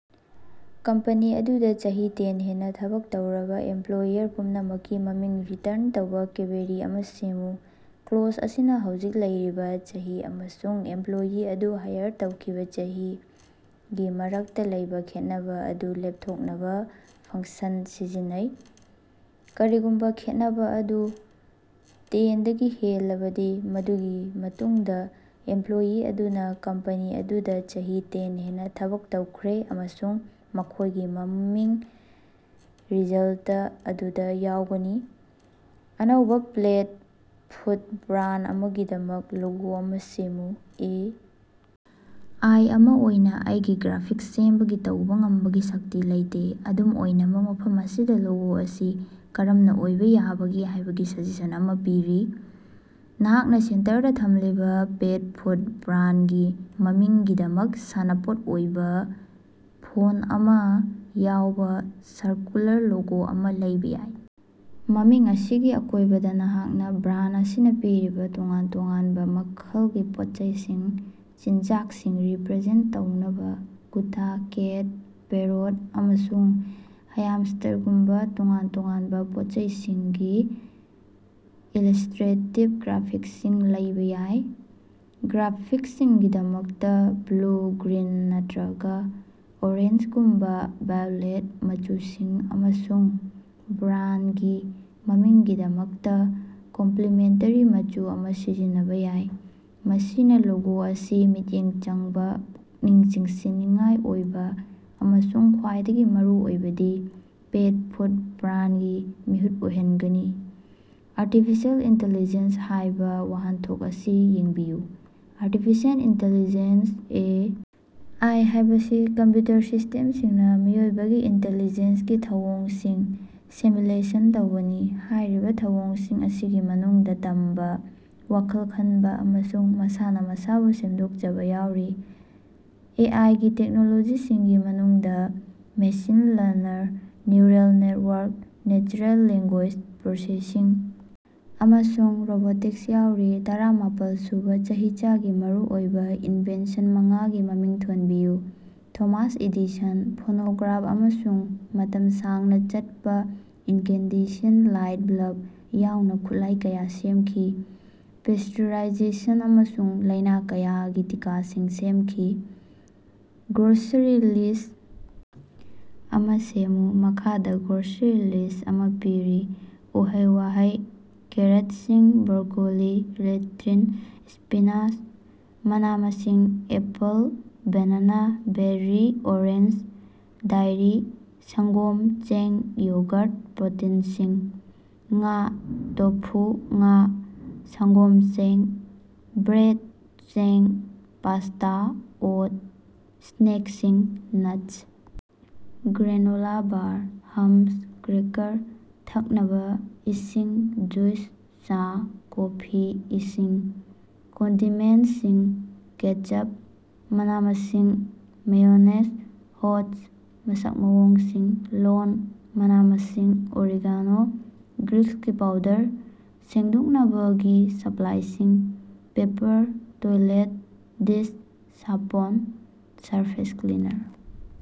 Company ꯑꯗꯨꯗꯥ ꯆꯍꯤ ten ꯍꯦꯟꯅꯥ ꯊꯕꯛ ꯇꯧꯔꯕꯥ ꯑꯦꯝꯄꯂꯣꯌꯔ ꯄꯨꯝꯅꯃꯛꯀꯤ ꯃꯃꯤꯡ ꯔꯤꯇꯔꯟ ꯇꯧꯕꯥ ꯀ꯭ꯕꯦꯔꯤ ꯑꯃ ꯁꯦꯝꯃꯨ꯫ ꯀ꯭ꯂꯣꯖ ꯑꯁꯤꯅꯥ ꯍꯧꯖꯤꯛ ꯂꯩꯔꯤꯕ ꯆꯍꯤ ꯑꯃꯁꯨꯡ ꯏꯝꯄꯂꯣꯌꯤ ꯑꯗꯨ ꯍꯥꯏꯔ ꯇꯧꯈꯤꯕꯥ ꯆꯍꯤ ꯒꯤ ꯃꯔꯛꯇꯥ ꯂꯩꯕꯥ ꯈꯦꯠꯅꯕꯥ ꯑꯗꯨ ꯂꯦꯄꯊꯣꯛꯅꯕꯥ ꯐꯪꯛꯁꯟ ꯁꯤꯖꯤꯟꯅꯩ꯫ ꯀꯔꯤꯒꯨꯝꯕꯥ ꯈꯦꯠꯅꯕꯥ ꯑꯗꯨ ꯇꯦꯟꯗꯒꯤ ꯍꯦꯜꯂꯕꯗꯤ, ꯃꯗꯨꯒꯤ ꯃꯇꯨꯡꯗꯥ ꯏꯝꯄꯂꯣꯌꯤ ꯑꯗꯨꯅꯥ ꯀꯝꯄꯅꯤ ꯑꯗꯨꯗꯥ ꯆꯍꯤ ꯇꯦꯟ ꯍꯦꯟꯅꯥ ꯊꯕꯛ ꯇꯧꯈ꯭ꯔꯦ ꯑꯃꯁꯨꯡ ꯃꯈꯣꯏꯒꯤ ꯃꯃꯤꯡ ꯔꯤꯖꯜꯇ ꯑꯗꯨꯗꯥ ꯌꯥꯎꯒꯅꯤ꯫ ꯑꯅꯧꯕꯥ ꯄꯦꯠ ꯐꯨꯗ ꯕ꯭ꯔꯥꯟꯗ ꯑꯃꯒꯤꯗꯃꯛ ꯂꯣꯒꯣ ꯑꯃꯥ ꯁꯦꯝꯃꯨ꯫ A I. ꯑꯃꯥ ꯑꯣꯏꯅꯥ ꯑꯩꯒꯤ ꯒ꯭ꯔꯥꯐꯤꯛꯁ ꯁꯦꯝꯕꯒꯤ ꯇꯧꯕꯥ ꯉꯝꯕꯒꯤ ꯁꯛꯇꯤ ꯂꯩꯇꯦ, ꯑꯗꯨꯝ ꯑꯣꯏꯅꯃꯛ, ꯃꯐꯝ ꯑꯁꯤꯗꯥ ꯂꯣꯒꯣ ꯑꯁꯤ ꯀꯔꯝꯅꯥ ꯑꯣꯏꯕꯥ ꯌꯥꯕꯒꯦ ꯍꯥꯏꯕꯒꯤ ꯁꯖꯦꯁꯟ ꯑꯃꯥ ꯄꯤꯔꯤ: ꯅꯍꯥꯛꯅꯥ ꯁꯦꯟꯇꯔꯗꯥ ꯊꯝꯂꯤꯕꯥ ꯄꯦꯠ ꯐꯨꯗ ꯕ꯭ꯔꯥꯟꯗꯒꯤ ꯃꯃꯤꯡꯒꯤꯗꯃꯛ ꯁꯥꯟꯅꯄꯣꯠ ꯑꯣꯏꯕꯥ ꯐꯣꯟꯇ ꯑꯃ ꯌꯥꯎꯕ ꯁꯔꯀꯨꯂꯥꯔ ꯂꯣꯒꯣ ꯑꯃꯥ ꯂꯩꯕꯥ ꯌꯥꯏ꯫ ꯃꯃꯤꯡ ꯑꯁꯤꯒꯤ ꯑꯀꯣꯏꯕꯗꯥ, ꯅꯍꯥꯛꯅꯥ ꯕ꯭ꯔꯥꯟꯗ ꯑꯁꯤꯅꯥ ꯄꯤꯔꯤꯕꯥ ꯇꯣꯉꯥꯟ ꯇꯣꯉꯥꯟꯕ ꯃꯈꯜꯒꯤ ꯄꯣꯠꯆꯩꯁꯤꯡꯒꯤ ꯆꯤꯟꯖꯥꯛꯁꯤꯡ ꯔꯤꯄꯔꯖꯦꯟꯇ ꯇꯧꯅꯕ ꯀꯨꯠꯇꯥ, ꯀꯦꯠ, ꯄꯦꯔꯣꯠ, ꯑꯃꯁꯨꯡ ꯍ꯭ꯌꯥꯝꯁ꯭ꯇꯔꯒꯨꯝꯕ ꯇꯣꯉꯥꯟ ꯇꯣꯉꯥꯟꯕ ꯄꯣꯠꯆꯩꯁꯤꯡꯒꯤ ꯏꯜꯁ꯭ꯇꯔꯦꯇꯤꯕ ꯒ꯭ꯔꯥꯐꯤꯛꯁꯁꯤꯡ ꯂꯩꯕꯥ ꯌꯥꯏ꯫ ꯒ꯭ꯔꯥꯐꯤꯛꯁꯀꯤꯗꯃꯛꯇꯥ ꯕ꯭ꯂꯨ, ꯒ꯭ꯔꯤꯟ ꯅꯠꯇꯔꯒꯥ ꯑꯣꯔꯦꯟꯖꯒꯨꯝꯕꯥ ꯋꯥꯏꯕ꯭ꯔꯦꯟꯇ ꯃꯆꯨꯁꯤꯡ ꯑꯃꯁꯨꯡ ꯕ꯭ꯔꯥꯟꯗꯒꯤ ꯃꯃꯤꯡꯒꯤꯗꯃꯛꯇꯥ ꯀꯝꯄꯂꯤꯃꯦꯟꯇꯦꯔꯤ ꯃꯆꯨ ꯑꯃꯥ ꯁꯤꯖꯤꯟꯅꯕꯥ ꯌꯥꯏ꯫ ꯃꯁꯤꯅꯥ ꯂꯣꯒꯣ ꯑꯁꯤ ꯃꯤꯠꯌꯦꯡ ꯆꯪꯕꯥ, ꯄꯨꯛꯅꯤꯡ ꯆꯤꯡꯁꯤꯟꯅꯤꯡꯉꯥꯏ ꯑꯣꯏꯕꯥ ꯑꯃꯁꯨꯡ ꯈ꯭ꯋꯥꯏꯗꯒꯤ ꯃꯔꯨꯑꯣꯏꯕꯗꯤ ꯄꯦꯠ ꯐꯨꯗ ꯕ꯭ꯔꯥꯟꯗꯒꯤ ꯃꯤꯍꯨꯠ ꯑꯣꯏꯍꯅꯒꯅꯤ꯫ "ꯑꯥꯔꯇꯤꯐꯤꯁꯤꯑꯦꯜ ꯏꯟꯇꯦꯂꯤꯖꯦꯟꯁ" ꯍꯥꯏꯕꯥ ꯋꯥꯍꯟꯊꯣꯛ ꯑꯁꯤ ꯌꯦꯡꯕꯤꯌꯨ꯫ ꯑꯥꯔꯇꯤꯐꯤꯁꯤꯑꯦꯜ ꯏꯟꯇꯦꯂꯤꯖꯦꯟꯁ ꯑꯦ ꯑꯥꯏ ꯍꯥꯏꯕꯁꯤ ꯀꯝꯄ꯭ꯌꯨꯇꯔ ꯁꯤꯁꯇꯦꯝꯁꯤꯡꯅꯥ ꯃꯤꯑꯣꯏꯕꯒꯤ ꯏꯟꯇꯦꯂꯤꯖꯦꯟꯁꯀꯤ ꯊꯧꯑꯣꯡꯁꯤꯡ ꯁꯤꯃꯨꯂꯦꯁꯟ ꯇꯧꯕꯅꯤ꯫ ꯍꯥꯏꯔꯤꯕꯥ ꯊꯧꯑꯣꯡꯁꯤꯡ ꯑꯁꯤꯒꯤ ꯃꯅꯨꯡꯗꯥ ꯇꯝꯕꯥ, ꯋꯥꯈꯜ ꯈꯅꯕꯥ ꯑꯃꯁꯨꯡ ꯃꯁꯥꯅꯥ ꯃꯁꯥꯕꯨ ꯁꯦꯝꯗꯣꯛꯆꯕꯥ ꯌꯥꯎꯔꯤ꯫ ꯑꯦ. ꯑꯥꯏ. ꯒꯤ ꯇꯦꯛꯅꯣꯂꯣꯖꯤꯁꯤꯡꯒꯤ ꯃꯅꯨꯡꯗꯥ machine learning, neural network, natural language processing ꯑꯃꯁꯨꯡ ꯔꯣꯕꯣꯇꯤꯛꯁ ꯌꯥꯎꯔꯤ꯫ ꯇꯔꯥ ꯃꯥꯄꯜꯁꯨꯕꯥ ꯆꯍꯤꯆꯥꯒꯤ ꯃꯔꯨꯑꯣꯏꯕꯥ ꯏꯟꯚꯦꯟꯇꯔ ꯃꯉꯥꯒꯤ ꯃꯃꯤꯡ ꯊꯣꯟꯕꯤꯌꯨ꯫ ꯊꯣꯃꯥꯁ ꯑꯦꯗꯤꯁꯟ ꯐꯣꯅꯣꯒ꯭ꯔꯥꯐ ꯑꯃꯁꯨꯡ ꯃꯇꯝ ꯁꯥꯡꯅꯥ ꯆꯠꯄꯥ ꯏꯟꯀꯦꯟꯗꯦꯁꯟ ꯂꯥꯏꯠ ꯕꯜꯕ ꯌꯥꯎꯅ ꯈꯨꯠꯂꯥꯏ ꯀꯌꯥ ꯁꯦꯝꯈꯤ꯫ ꯄꯦꯁ꯭ꯇꯨꯔꯥꯏꯖꯦꯁꯟ ꯑꯃꯁꯨꯡ ꯂꯥꯏꯅꯥ ꯀꯌꯥꯒꯤ ꯇꯤꯀꯥꯁꯤꯡ ꯁꯦꯝꯈꯤ꯫ ꯒ꯭ꯔꯣꯁꯔꯤ ꯂꯤꯁꯠ ꯑꯃꯥ ꯁꯦꯝꯃꯨ꯫ ꯃꯈꯥꯗꯥ ꯒ꯭ꯔꯣꯁꯔꯤ ꯂꯤꯁꯠ ꯑꯃꯥ ꯄꯤꯔꯤ: ꯎꯍꯩ-ꯋꯥꯍꯩ: ꯀꯦꯔꯣꯁꯤꯟ, ꯕ꯭ꯔꯣꯀꯣꯂꯤ, ꯂꯦꯇꯔꯤꯟ, ꯁ꯭ꯄꯤꯅꯥꯆ ꯃꯅꯥ-ꯃꯁꯤꯡ: apple, banana, berry, orange dairy: ꯁꯪꯒꯣꯝ, ꯆꯦꯡ, ꯌꯣꯒꯔ ꯄ꯭ꯔꯣꯇꯤꯅꯁꯤꯡ: ꯉꯥ, ꯇꯣꯐꯨ, ꯉꯥ, ꯁꯪꯒꯣꯝ ꯆꯦꯡ: ꯕ꯭ꯔꯦꯗ, ꯆꯦꯡ꯫, ꯄꯥꯁ꯭ꯇꯥ, ꯑꯣꯠ ꯁ꯭ꯅꯦꯛꯁꯤꯡ: nuts, granola bar, hummus, cracker ꯊꯛꯅꯕꯥ ꯏꯁꯤꯡ ꯖꯨꯁ, ꯆꯥ, ꯀꯣꯐꯤ, ꯏꯁꯤꯡ ꯀꯟꯗꯤꯃꯦꯟꯇꯁꯤꯡ ꯀꯦꯆꯞ, ꯃꯅꯥ-ꯃꯁꯤꯡ, ꯃꯦꯌꯣꯅꯦꯖ, ꯍꯣꯠꯁ ꯃꯁꯛ ꯃꯑꯣꯡꯁꯤꯡ: ꯂꯣꯟ, ꯃꯅꯥ-ꯃꯁꯤꯡ, ꯑꯣꯔꯦꯒꯥꯅꯣ, ꯒꯥꯔꯤꯛꯀꯤ ꯄꯥꯎꯗꯔ ꯁꯦꯡꯗꯣꯛꯅꯕꯒꯤ ꯁꯄꯂꯥꯏꯁꯤꯡ꯫: ꯄꯦꯄꯔ ꯇꯣꯏꯂꯦꯠ, ꯗꯤꯁ ꯁꯥꯄꯣꯟ, ꯁꯔꯐꯦꯁ ꯀ꯭ꯂꯤꯅꯔ꯫